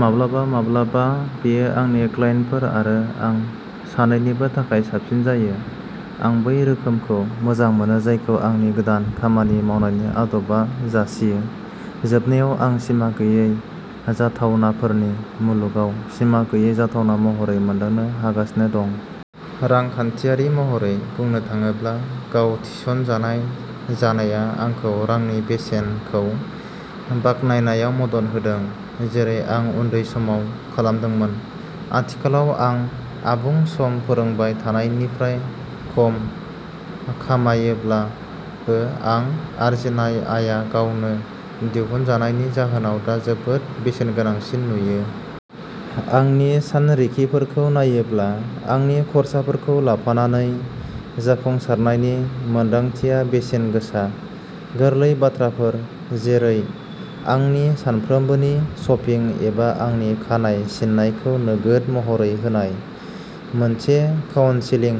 माब्लाबा माब्लाबा बेयो आंनि क्लाइन्टफोर आरो आं सानैनिबो थाखाय साबसिन जायो। आं बै रोखोमखौ मोजां मोनो जायखौ आंनि गोदान खामानि मावनायनि आदबा जासियो। जोबनायाव आं सिमा गैयै जाथावनाफोरनि मुलुगाव सिमा गैयै जाथावना महरै मोनदांनो हमगासिनो दं। रांखान्थियारि महरै बुंनो थाङोब्ला, गाव थिस'नजानाय जानाया आंखौ रांनि बेसेनखौ आनजादनायनायाव मदद होदों, जेरै आं उन्दै समाव खालामदोंमोन। आथिखालाव आं आबुं सम फोरोंबाय थानायनिफ्राय खम खामायोब्लाबो, आं आरजिनाय आयआ गावनो दिहुनजानायनि जाहोनाव दा जोबोद बेसेनगोनांसिन नुयो। आंनि सानरिखिफोरखौ नायोब्ला, आंनि खर्साफोरखौ लाफानानै जाफुंसारनायनि मोनदांथिया बेसेनगोसा। गोरलै बाथ्राफोर, जेरै आंनि सानफ्रोमबोनि शपिं एबा आंनि खानाय सिननायखौ नोगोद महरै होनाय, मोनसे काउन्सेलिं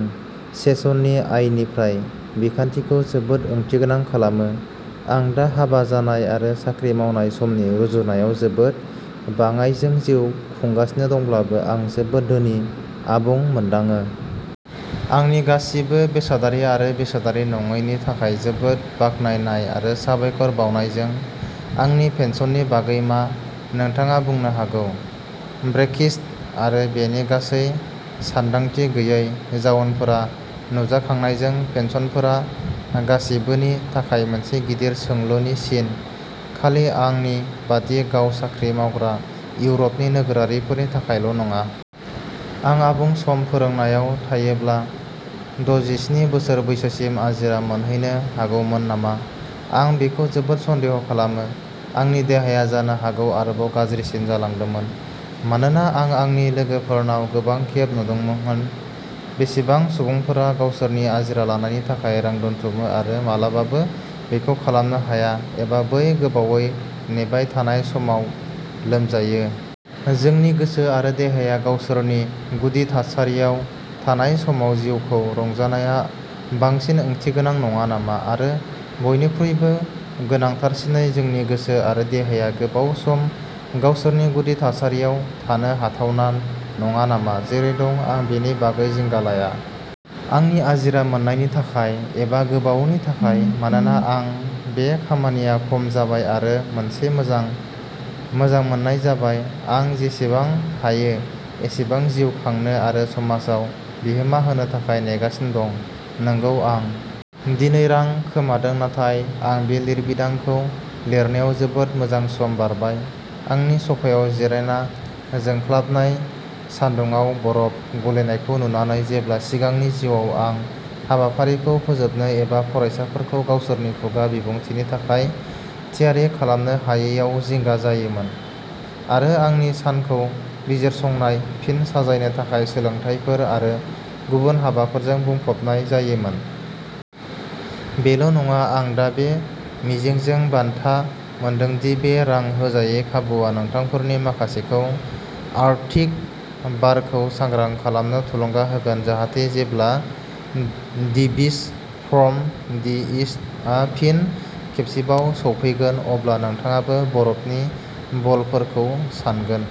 सेसननि आयनिफ्राय, बिखान्थिखौ जोबोद ओंथिगोनां खालामो। आं दा हाबा जानाय आरो साख्रि मावनाय समनि रुजुनायाव जोबोद बाङाइजों जिउ खुंगासिनो दंब्लाबो, आं जोबोद धोनि, आबुं मोनदाङो। आंनि गासिबो बेसादारि आरो बेसादारि नङैनि थाखाय जोबोद बाखनायनाय आरो साबायखर बावनायजों। आंनि पेन्सननि बागै मा, नोंथाङा बुंनो हागौ? ब्रेक्सिट आरो बेनि गासैबो सानदांथि गैयै जाउनफोरा नुजाखांनायजों, पेन्सनफोरा गासिबोनि थाखाय मोनसे गिदिर सोंलुनि सिन, खालि आंनि बायदि गाव-साख्रि मावग्रा इउर'पनि नोगोरारिफोरनि थाखायल'नङा। आं आबुं-सम फोरोंनायाव थायोब्ला दजिस्नि बोसोर बैसोसिम आजिरा मोनहैनो हागौमोन नामा? आं बेखौ जोबोद सन्देह खालामो। आंनि देहाया जानो हागौ आरोबाव गाज्रिसिन जालांदोंमोन, मानोना आं आंनि लोगोफोरनाव गोबां खेब नुदोंमोन। बेसेबां सुबुंफोरा गावसोरनि आजिरा लानायनि थाखाय रां दोनथुमो आरो माब्लाबाबो बेखौ खालामनो हाया, एबा बै गोबावै नेबाय थानाय समाव लोमजायो। जोंनि गोसो आरो देहाया गावसोरनि गुदि थासारियाव थानाय समाव जिउखौ रंजानाया बांसिन ओंथिगोनां नङा नामा? आरो बयनिख्रुइबो गोनांथारसिनै, जोंनि गोसो आरो देहाया गोबाव सम गावसोरनि गुदि थासारियाव थानो हाथावना नङा नामा? जेरै दं, आं बेनि बागै जिंगा लाया। आंनि आजिरा मोन्नायनि थाखाय एबा गोबावनि थाखाय। मानोना, दा बे खामानिया खम जाबाय आरो मोनसे मोजां मोजांमोननाय जाबाय, आं जेसेबां हायो एसेबां जिउ खांनो आरो समाजआव बिहोमा होनो थाखाय नेगासिनो दं। नंगौ। आं दिनै रां खोमादों नाथाय आं बे लिरबिदांखौ लिरनायाव जोबोद मोजां सम बारबाय, आंनि स'फायाव जिरायना जोंख्लाबनाय सान्दुंआव बरफ गलिनायखौ नुनानै जेब्ला सिगांनि जिउआव आं हाबाफारिखौ फोजोबनो एबा फरायसाफोरखौ गावसोरनि खुगा बिबुंथिनि थाखाय थियारि खालामनो हायैयाव जिंगा जायोमोन, आरो आंनि सानखौ बिजिरसंनाय, फिन साजायनो थाखाय सोलोंथायफोर आरो गुबुन हाबाफोरजों बुंफबनाय जायोमोन। बेल'नङा, आं दा बे मिजिंजों बान्था मोनदों दि बे रां होजायै खाबुआ नोंथांफोरनि माखासेखौ आर्कटिक बारखौ सांग्रां खालामनो थुलुंगा होगोन जाहाथे, जेब्ला "the beast from the east" आ फिन खेबसेबाव सौफैगोन, अब्ला नोंथाङाबो बरफनि बलफोरखौ सानगोन।